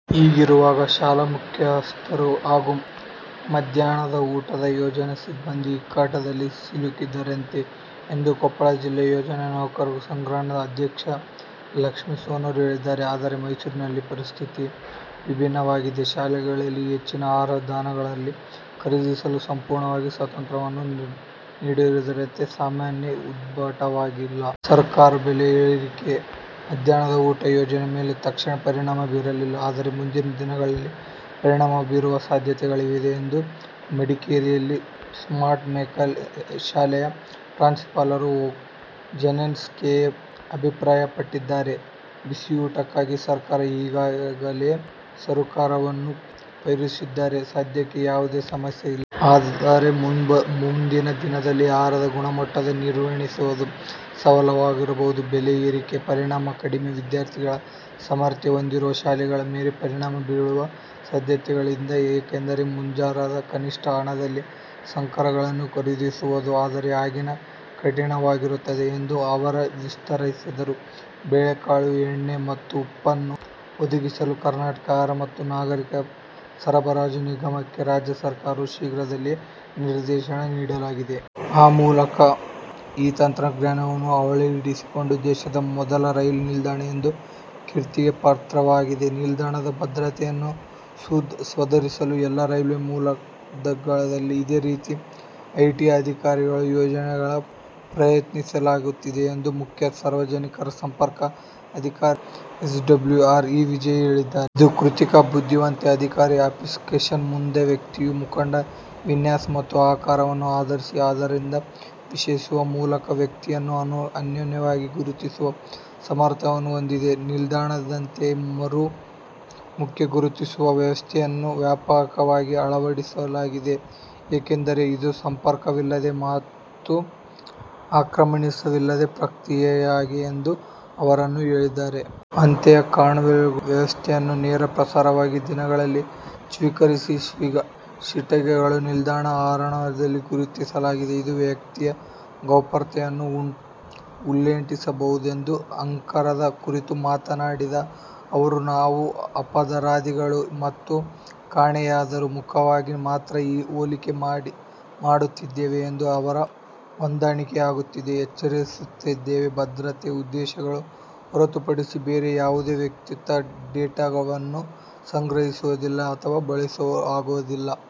ಹೀಗಿರುವಾಗ, ಶಾಲಾ ಮುಖ್ಯಸ್ಥರು ಹಾಗೂ ಮಧ್ಯಾಹ್ನದ ಊಟದ ಯೋಜನೆ ಸಿಬ್ಬಂದಿ ಇಕ್ಕಟ್ಟಿಗೆ ಸಿಲುಕಿಸಿದಂತಿದೆ ಎಂದು ಕೊಪ್ಪಳ ಜಿಲ್ಲಾ ಯೋಜನಾ ನೌಕರರ ಸಂಘದ ಅಧ್ಯಕ್ಷೆ ಲಕ್ಷ್ಮೀ ಸೋನಾರ್ ಹೇಳಿದ್ದಾರೆ. ಆದರೆ ಮೈಸೂರಿನಲ್ಲಿ ಪರಿಸ್ಥಿತಿ ವಿಭಿನ್ನವಾಗಿದೆ. ಶಾಲೆಗಳಿಗೆ ಹೆಚ್ಚಿನ ಆಹಾರ ಧಾನ್ಯಗಳನ್ನು ಖರೀದಿಸಲು ಸಂಪೂರ್ಣ ಸ್ವಾತಂತ್ರ್ಯವನ್ನು ನೀಡಿದ್ದರಿಂದ ಸಮಸ್ಯೆ ಉದ್ಭವವಾಗಿಲ್ಲ. ಸರಕುಗಳ ಬೆಲೆ ಏರಿಕೆಯು ಮಧ್ಯಾಹ್ನದ ಊಟದ ಯೋಜನೆ ಮೇಲೆ ತಕ್ಷಣದ ಪರಿಣಾಮ ಬೀರಿಲ್ಲ, ಆದರೆ ಮುಂದಿನ ದಿನಗಳಲ್ಲಿ ಪರಿಣಾಮ ಬೀರುವ ಸಾಧ್ಯತೆಯಿದೆ ಎಂದು ಮಡಿಕೇರಿಯ ಸೇಂಟ್ ಮೈಕಲ್ ಶಾಲೆಯ ಪ್ರಾಂಶುಪಾಲ ಜಾನ್ಸನ್ ಕೆ. ಎ ಅಭಿಪ್ರಾಯಪಟ್ಟಿದ್ದಾರೆ. ಬಿಸಿಯೂಟಕ್ಕಾಗಿ ಸರ್ಕಾರ ಈಗಾಗಲೇ ಸರಕುಗಳನ್ನು ಪೂರೈಸಿದ್ದು, ಸದ್ಯಕ್ಕೆ ಯಾವುದೇ ಸಮಸ್ಯೆ ಇಲ್ಲ. ಆದರೆ ಮುಂದಿನ ದಿನಗಳಲ್ಲಿ ಆಹಾರದ ಗುಣಮಟ್ಟವನ್ನು ನಿರ್ವಹಿಸುವುದು ಸವಾಲಾಗಬಹುದು. ಬೆಲೆ ಏರಿಕೆಯ ಪರಿಣಾಮ ಕಡಿಮೆ ವಿದ್ಯಾರ್ಥಿಗಳ ಸಾಮರ್ಥ್ಯ ಹೊಂದಿರುವ ಶಾಲೆಗಳ ಮೇಲೆ ಪರಿಣಾಮ ಬೀರುವ ಸಾಧ್ಯತೆಯಿದೆ. ಏಕೆಂದರೆ ಮಂಜೂರಾದ ಕನಿಷ್ಠ ಹಣದಲ್ಲಿ ಸರಕುಗಳನ್ನು ಖರೀದಿಸುವುದು ಅವರಿಗೆ ಕಠಿಣವಾಗಿರುತ್ತದೆ ಎಂದು ಅವರು ವಿವರಿಸಿದರು. ಬೇಳೆಕಾಳು, ಎಣ್ಣೆ ಮತ್ತು ಉಪ್ಪನ್ನು ಒದಗಿಸಲು ಕರ್ನಾಟಕ ಆಹಾರ ಮತ್ತು ನಾಗರಿಕ ಸರಬರಾಜು ನಿಗಮಕ್ಕೆ ರಾಜ್ಯ ಸರ್ಕಾರವು ಶೀಘ್ರದಲ್ಲೇ ನಿರ್ದೇಶನ ನೀಡಲಿದೆ. ಆ ಮೂಲಕ ಈ ತಂತ್ರಜ್ಞಾನವನ್ನು ಅಳವಡಿಸಿಕೊಂಡ ದೇಶದ ಮೊದಲ ರೈಲು ನಿಲ್ದಾಣ ಎಂಬ ಕೀರ್ತಿಗೆ ಪಾತ್ರವಾಗಿದೆ. ನಿಲ್ದಾಣಗಳಲ್ಲಿ ಭದ್ರತೆಯನ್ನು ಸುಧಾರಿಸಲು ಎಲ್ಲಾ ರೈಲ್ವೆ ವಲಯಗಳಲ್ಲಿ ಇದೇ ರೀತಿಯ ಐಟಿ ಆಧಾರಿತ ಯೋಜನೆಗಳನ್ನು ಪ್ರಯತ್ನಿಸಲಾಗುತ್ತಿದೆ ಎಂದು ಮುಖ್ಯ ಸಾರ್ವಜನಿಕ ಸಂಪರ್ಕ ಅಧಿಕಾರಿ, ಎಸ್ಡಬ್ಲ್ಯುಆರ್, ಇ ವಿಜಯ ಹೇಳಿದರು. 'ಇದು ಕೃತಕ ಬುದ್ಧಿಮತ್ತೆ ಆಧಾರಿತ ಅಪ್ಲಿಕೇಶನ್ ಆಗಿದ್ದು, ವ್ಯಕ್ತಿಯ ಮುಖದ ವಿನ್ಯಾಸ ಮತ್ತು ಆಕಾರವನ್ನು ಆಧರಿಸಿ ಮಾದರಿಗಳನ್ನು ವಿಶ್ಲೇಷಿಸುವ ಮೂಲಕ ವ್ಯಕ್ತಿಯನ್ನು ಅನನ್ಯವಾಗಿ ಗುರುತಿಸುವ ಸಾಮರ್ಥ್ಯವನ್ನು ಹೊಂದಿದೆ. ನಿಲ್ದಾಣದಾದ್ಯಂತ ಮುಖ ಗುರುತಿಸುವಿಕೆ ವ್ಯವಸ್ಥೆಯನ್ನು ವ್ಯಾಪಕವಾಗಿ ಅಳವಡಿಸಲಾಗಿದೆ. ಏಕೆಂದರೆ ಇದು ಸಂಪರ್ಕವಿಲ್ಲದ ಮತ್ತು ಆಕ್ರಮಣಶೀಲವಲ್ಲದ ಪ್ರಕ್ರಿಯೆಯಾಗಿದೆ ಎಂದು ಅವರು ಹೇಳಿದರು. ಅಂತೆಯೇ ಕಣ್ಗಾವಲು ವ್ಯವಸ್ಥೆಯು ನೇರ ಪ್ರಸಾರವಾದ ದಿನಗಳಲ್ಲಿ, ಹಿಸ್ಚರಿ-ಶೀಟರ್ಗಳನ್ನು ನಿಲ್ದಾಣದ ಆವರಣದಲ್ಲಿ ಗುರುತಿಸಲಾಗಿದೆ. ಇದು ವ್ಯಕ್ತಿಗಳ ಗೌಪ್ಯತೆಯನ್ನು ಉಲ್ಲಂಘಿಸಬಹುದು ಎಂಬ ಆತಂಕದ ಕುರಿತು ಮಾತನಾಡಿದ ಅವರು, 'ನಾವು ಅಪರಾಧಿಗಳ ಮತ್ತು ಕಾಣೆಯಾದವರ ಮುಖಗಳನ್ನು ಮಾತ್ರ ಹೋಲಿಕೆ ಮಾಡುತ್ತಿದ್ದೇವೆ ಮತ್ತು ಅವರ ಹೊಂದಾಣಿಕೆಯಾಗುತ್ತಿದ್ದರೆ ಎಚ್ಚರಿಸುತ್ತಿದ್ದೇವೆ. ಭದ್ರತಾ ಉದ್ದೇಶಗಳನ್ನು ಹೊರತುಪಡಿಸಿ ಬೇರೆ ಯಾವುದೇ ವೈಯಕ್ತಿಕ ಡೇಟಾವನ್ನು ಸಂಗ್ರಹಿಸುವುದಿಲ್ಲ ಅಥವಾ ಬಳಸಲಾಗುವುದಿಲ್ಲ.